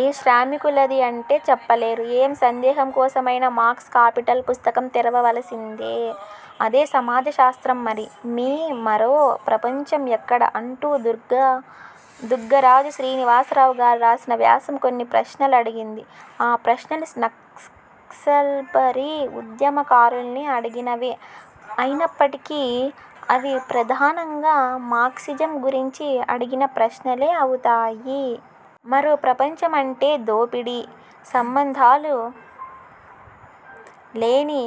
''ఏ శ్రామికులది'' అంటే, చెప్పలేరు. ఏ సందేహం కోసం అయినా, మార్క్స్ ''కాపిటల్'' పుస్తకం తెరవ వలిసిందే! అదే సమాజ శాస్త్రం మరి! ''మీమరో ప్రపంచం ఎక్కడ? '' అంటూ, దుగ్గరాజు శ్రీనివాసరావు గారు రాసిన వ్యాసం కొన్ని ప్రశ్నలు అడిగింది. ఆ ప్రశ్నలు, నక్సల్బరీ ఉద్యమకారుల్ని అడిగినవే అయినప్పటికీ, అవి ప్రధానంగా ''మార్క్సిజం'' గురించి అడిగిన ప్రశ్నలే అవుతాయి. ''మరో ప్రపంచం'' అంటే, దోపిడీ సంబంధాలు లేని,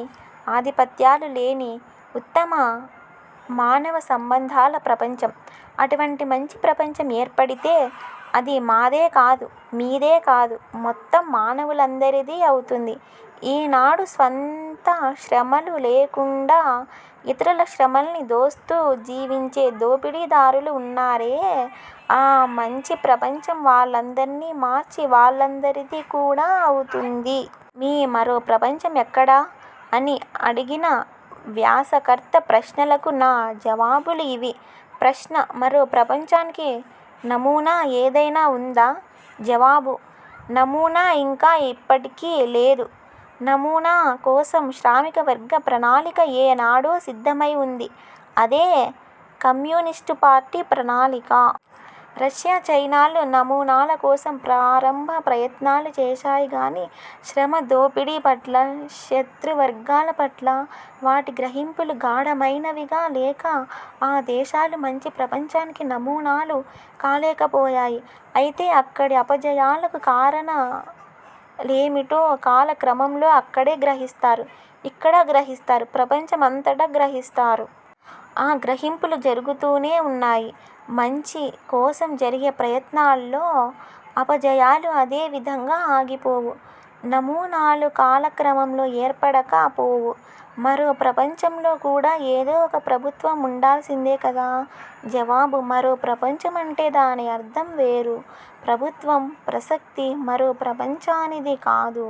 ఆధిపత్యాలు లేని, ఉత్తమ మానవ సంబంధాల ప్రపంచం. అటువంటి మంచి ప్రపంచం ఏర్పడితే, అది ''మాదే'' కాదు; ''మీదే'' కాదు; మొత్తం మానవులందరిదీ అవుతుంది. ఈ నాడు, స్వంత శ్రమలు లేకుండా ఇతరుల శ్రమల్ని దోస్తూ జీవించే దోపిడీదారులు వున్నారే, ఆ మంచి ప్రపంచం, వాళ్ళందర్నీ మార్చి, వాళ్ళందరిదీ కూడా అవుతుంది. ''మీ మరో ప్రపంచం ఎక్కడ? '' అని అడిగిన వ్యాసకర్త ప్రశ్నలకు నా జవాబులు ఇవి: ప్రశ్న: మరో ప్రపంచానికి నమూనా ఏదైనా వుందా? జవాబు: నమూనా ఇంకా ఇప్పటికి లేదు. నమూనా కోసం, శ్రామిక వర్గ ప్రణాళిక ఏ నాడో సిద్ధమై వుంది. అదే 'కమ్యూనిస్టు పార్టీ ప్రణాళిక'. రష్యా–చైనాలు, నమూనాల కోసం ప్రారంభ ప్రయత్నాలు చేశాయి గానీ, ''శ్రమ దోపిడీ'' పట్లా, ''శతృ వర్గాల'' పట్లా, వాటి గ్రహింపులు గాఢమైనవిగా లేక, ఆ దేశాలు మంచి ప్రపంచానికి నమూనాలు కాలేకపోయాయి. అయితే, అక్కడి అపజయాలకు కారణాలేమిటో కాల క్రమంలో అక్కడా గ్రహిస్తారు, ఇక్కడా గ్రహిస్తారు, ప్రపంచం అంతటా గ్రహిస్తారు. ఆ గ్రహింపులు జరుగుతూనే వున్నాయి. ''మంచి'' కోసం జరిగే ప్రయత్నాల్లో అపజయాలు అదే విధంగా ఆగిపోవు. నమూనాలు కాల క్రమంలో ఏర్పడక పోవు. మరో ప్రపంచంలో కూడా ఏదో ఒక ప్రభుత్వం ఉండాల్సిందే కదా? జవాబు: ''మరో ప్రపంచం'' అంటే, దాని అర్ధం వేరు. ''ప్రభుత్వం'' ప్రసక్తి, మరో ప్రపంచానిది కాదు.